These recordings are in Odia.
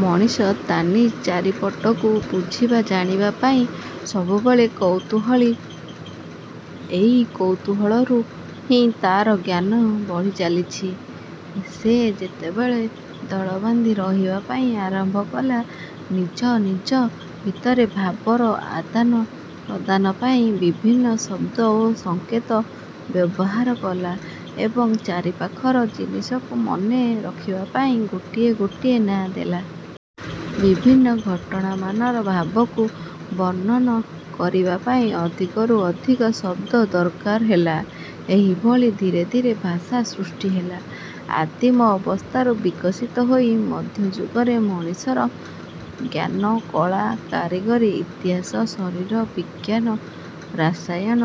ମଣିଷ ତାନିଜ ଚାରିପଟକୁ ବୁଝିବା ଜାଣିବା ପାଇଁ ସବୁବେଳେ କୌତୂହଳୀ। ଏଇ କୌତୂହଳରୁ ହିଁ ତାର ଜ୍ଞାନ ବଢ଼ିଚାଲିଛି। ସେ ଯେତେବେଳେ ଦଳବାନ୍ଧି ରହିବା ପାଇଁ ଆରମ୍ଭ କଲା ନିଜ ନିଜ ଭିତରେ ଭାବର ଆଦାନ ପ୍ରଦାନ ପାଇଁ ବିଭିନ୍ନ ଶବ୍ଦ ଓ ସଙ୍କେ ତ ବ୍ୟବହାର କଲା ଏବଂ ଚାରିପାଖର ଜିନିଷକୁ ମନେ ରଖିବା ପାଇଁ ଗୋଟିଏ ଗୋଟିଏ ନାଁ ଦେଲା। ବିଭିନ୍ନ ଘଟଣା ମନର ଭାବକୁ ବର୍ଣ୍ଣନ କରିବା ପାଇଁ ଅଧିକରୁ ଅଧିକ ଶବ୍ଦ ଦରକାର ହେଲା। ଏହିଭିଳି ଧୀରେ ଧୀରେ ଭାଷା ସୃଷ୍ଟି ହେଲା। ଆଦିମ ଅବସ୍ଥାରୁ ବିକଶିତ ହୋଇ ମଧ୍ୟଯୁଗରେ ମଣିଷର ଜ୍ଞାନ କଳା କାରିଗରୀ ଇତିହାସ ଶରୀର ବିଜ୍ଞାନ ରସାୟନ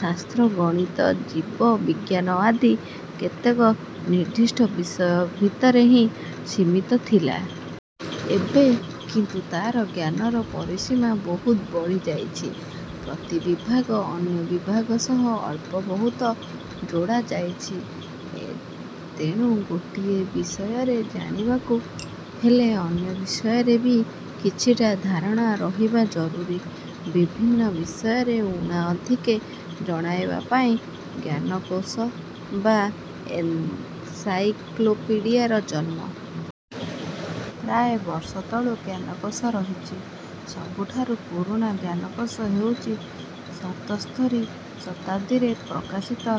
ଶାସ୍ତ୍ର ଗଣିତ ଜୀବ ବିଜ୍ଞାନ ଆଦି କେତେକ ନିର୍ଦ୍ଦିଷ୍ଟ ବିଷୟ ଭିତରେ ହିଁ ସୀମିତ ଥିଲା। ଏବେ କିନ୍ତୁ ତାର ଜ୍ଞାନର ପରିସୀମା ବହୁତ ବଢ଼ିଯାଇଛି। ପ୍ରତି ବିଭାଗ ଅନ୍ୟ ବିଭାଗ ସହ ଅଳ୍ପ ବହୁତ ଯୋଡ଼ା ହୋଇଛି। ତେଣୁ ଗୋଟିଏ ବିଷୟରେ ଜାଣିବାକୁ ହେଲେ ଅନ୍ୟ ବିଷୟରେ ବି କିଛିଟା ଧାରଣା ରହିବା ଜରୁରୀ। ବିଭିନ୍ନ ବିଷୟରେ ଊଣା ଅଧିକେ ଜଣାଇବା ପାଇଁ ଜ୍ଞାନକୋଷ ବା ଏନସାଇକ୍ଲୋପିଡ଼ିଆର ଜନ୍ମ। ପ୍ରାୟ ବର୍ଷ ତଳୁ ଜ୍ଞାନକୋଷ ରହିଛି। ସବୁଠାରୁ ପୁରୁଣା ଜ୍ଞାନକୋଷ ହେଉଛି ସତସ୍ତରୀ ଖ୍ରୀଷ୍ଟାବ୍ଦରେ ପ୍ରକାଶିତ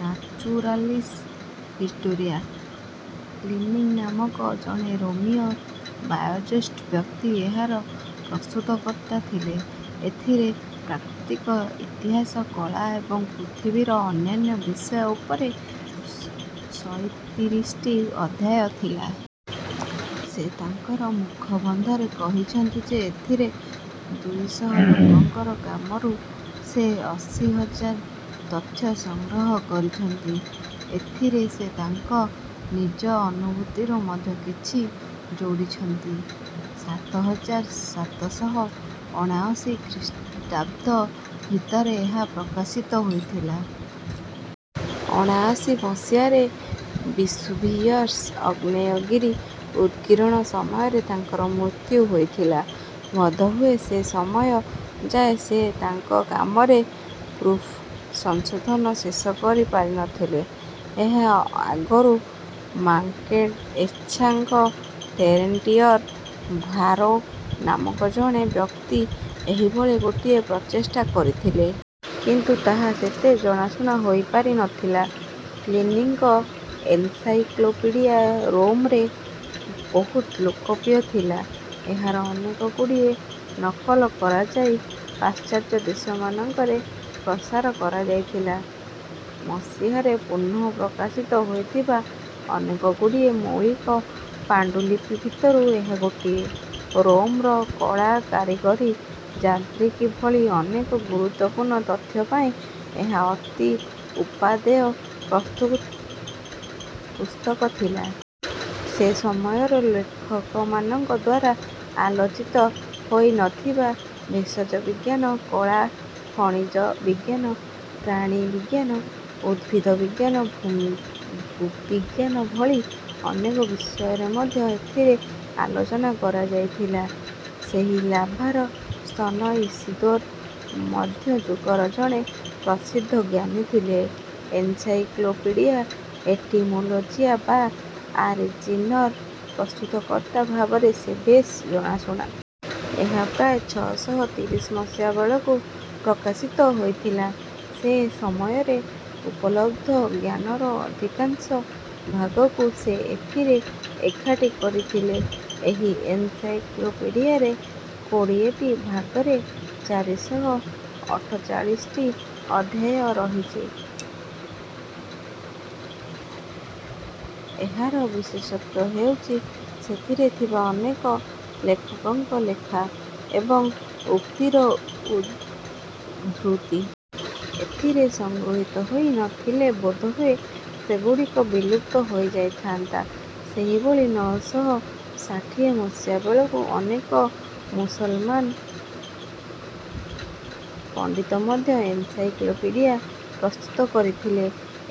ନାଚୁରାଲିସ ହିଷ୍ଟୋରିଆ। ପ୍ଲିନୀ ନାମକ ଜଣେ ରୋମୀୟ ବୟୋଜ୍ୟେଷ୍ଠ ବ୍ୟକ୍ତି ଏହାର ପ୍ରସ୍ତୁତକର୍ତ୍ତା ଥିଲେ। ଏଥିରେ ପ୍ରାକୃତିକ ଇତିହାସ କଳା ଏବଂ ପୃଥିବୀର ଅନ୍ୟାନ୍ୟ ବିଷୟ ଉପରେ ସଇଁତିରିଶଟି ଅଧ୍ୟାୟ ଥିଲା। ସେ ତାଙ୍କର ମୁଖବନ୍ଧରେ କହିଛନ୍ତି ଯେ ଏଥିରେ ଦୁଇ ଶହ ଲେଖକଙ୍କର କାମରୁ ସେ ଅଶୀ ହଜାର ତଥ୍ୟ ସଂଗ୍ରହ କରିଛନ୍ତି। ଏଥିରେ ସେ ତାଙ୍କ ନିଜ ଅନୁଭୂତିରୁ ମଧ୍ୟ କିଛି ଯୋଡ଼ିଛନ୍ତି। ସାତ ହଜାର ସାତ ଶହ ଅଣାଅଶୀ ଖ୍ରୀଷ୍ଟାବ୍ଦ ଭିତରେ ଏହା ପ୍ରକାଶିତ ହୋଇଥିଲା। ଅଣାଅଶୀ ମସିହାରେ ବିସୁଭିୟସ ଆଗ୍ନେୟଗିରି ଉଦଗିରଣ ସମୟରେ ତାଙ୍କର ମୃତ୍ୟୁ ହୋଇଥିଲା। ବୋଧହୁଏ ସେ ସମୟ ଯାଏ ସେ ତାଙ୍କ କାମର ପ୍ରୁଫ୍ ସଂଶୋଧନ ଶେଷ କରିପାରି ନ ଥିଲେ। ଏହା ଆଗରୁ ମାକେଙଏଛାସ ଟେରେଣ୍ଟିଅସ ଭାରୋ ନାମକ ଜଣେ ବ୍ୟକ୍ତି ଏହିଭଳି ଗୋଟିଏ ପ୍ରଚେଷ୍ଟା କରିଥିଲେ। କିନ୍ତୁ ତାହା ସେତେ ଜଣାଶୁଣା ହୋଇପାରି ନ ଥିଲା। ପ୍ଲିନୀଙ୍କ ଏନସାଇକ୍ଲୋପିଡିଆ ରୋମରେ ବହୁତ ଲୋକପ୍ରିୟ ଥିଲା। ଏହାର ଅନେକଗୁଡ଼ିଏ ନକଲ କରାଯାଇ ପାଶ୍ଚାତ୍ୟ ଦେଶମାନଙ୍କରେ ପ୍ରସାର କରାଯାଇଥିଲା। ମସିହାରେ ପୁନଃ ପ୍ରକାଶିତ ହୋଇଥିବା ଅନେକଗୁଡ଼ିଏ ମୌଳିକ ପାଣ୍ଡୁଲିପି ଭିତରୁ ଏହା ଗୋଟିଏ। ରୋମର କଳା କାରିଗରୀ ଯାନ୍ତ୍ରିକୀ ଭଳି ଅନେକ ଗୁରୁତ୍ୱପୂର୍ଣ୍ଣ ତଥ୍ୟ ପାଇଁ ଏହା ଅତି ଉପାଦେୟ ପୁସ୍ତକ ଥିଲା। ସେ ସମୟର ଲେଖକମାନଙ୍କଦ୍ୱାରା ଆଲୋଚିତ ହୋଇ ନ ଥିବା ଭେଷଜ ବିଜ୍ଞାନ କଳା ଖଣିଜ ବିଜ୍ଞାନ ପ୍ରାଣିବିଜ୍ଞାନ ଉଦ୍ଭିଦ ବିଜ୍ଞାନ ଭୂବିଜ୍ଞାନ ଭଳି ଅନେକ ବିଷୟରେ ମଧ୍ୟ ଏଥିରେ ଆଲୋଚନା କରାଯାଇଥିଲା। ସେଭିଲାର ସନ୍ଥ ଇସିଦୋର ମଧ୍ୟଯୁଗର ଜଣେ ପ୍ରସିଦ୍ଧ ଜ୍ଞାନୀ ଥିଲେ। ଏନସାଇକ୍ଲୋପିଡିଆ ଏଟିମାଲୋଜିଆ ବା ଆରିଜିନର ପ୍ରସ୍ତୁତକର୍ତ୍ତା ଭାବରେ ସେ ବେଶ ଜଣାଶୁଣା। ଏହା ପ୍ରାୟ ଛଅ ଶହ ତିରିଶ ମସିହା ବେଳକୁ ପ୍ରକାଶିତ ହୋଇଥିଲା। ସେ ସମୟରେ ଉପଲବ୍ଧ ଜ୍ଞାନର ଅଧିକାଂଶ ଭାଗକୁ ସେ ଏଥିରେ ଏକାଠି କରିଥିଲେ। ଏହି ଏନସାଇକ୍ଲୋପିଡିଆରେ କୋଡ଼ିଏଟି ଭାଗରେ ଚାରି ଶହ ଅଠଚାଳିଶଟି ଅଧ୍ୟାୟ ରହିଛି। ଏହାର ବିଶେଷତ୍ୱ ହେଉଛି ସେଥିରେ ଥିବା ଅନେକ ଲେଖକଙ୍କ ଲେଖା ଏବଂ ଉକ୍ତିର ଉଦ୍ଧୃତି। ଏଥିରେ ସଂଗୃହୀତ ହୋଇ ନ ଥିଲେ ବୋଧହୁଏ ସେଗୁଡ଼ିକ ବିଲୁପ୍ତ ହୋଇଯାଇଥାନ୍ତା। ସେହିଭଳି ନଅ ଶହ ଷାଠିଏ ମସିହା ବେଳକୁ ଅନେକ ମୁସଲମାନ ପଣ୍ଡିତ ମଧ୍ୟ ଏନସାଇକ୍ଲୋପିଡ଼ିଆ ପ୍ରସ୍ତୁତ କରିଥିଲେ।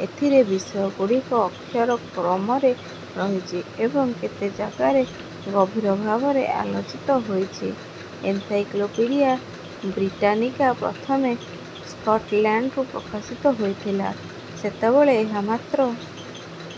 ଏଥିରେ ବିଷୟଗୁଡ଼ିକ ଅକ୍ଷର କ୍ରମରେ ରହିଛି ଏବଂ କେତେ ଜାଗାରେ ଗଭୀର ଭାବରେ ଆଲୋ ଚିତ ହୋଇ ଛି। ଏନସାଇକ୍ଲୋପିଡ଼ିଆ ବ୍ରିଟାନିକା ପ୍ରଥମେ ସ୍କଟଲ୍ୟାଣ୍ଡରୁ ପ୍ରକାଶିତ ହୋଇଥିଲା। ସେତେବେଳେ ଏହା ମାତ୍ର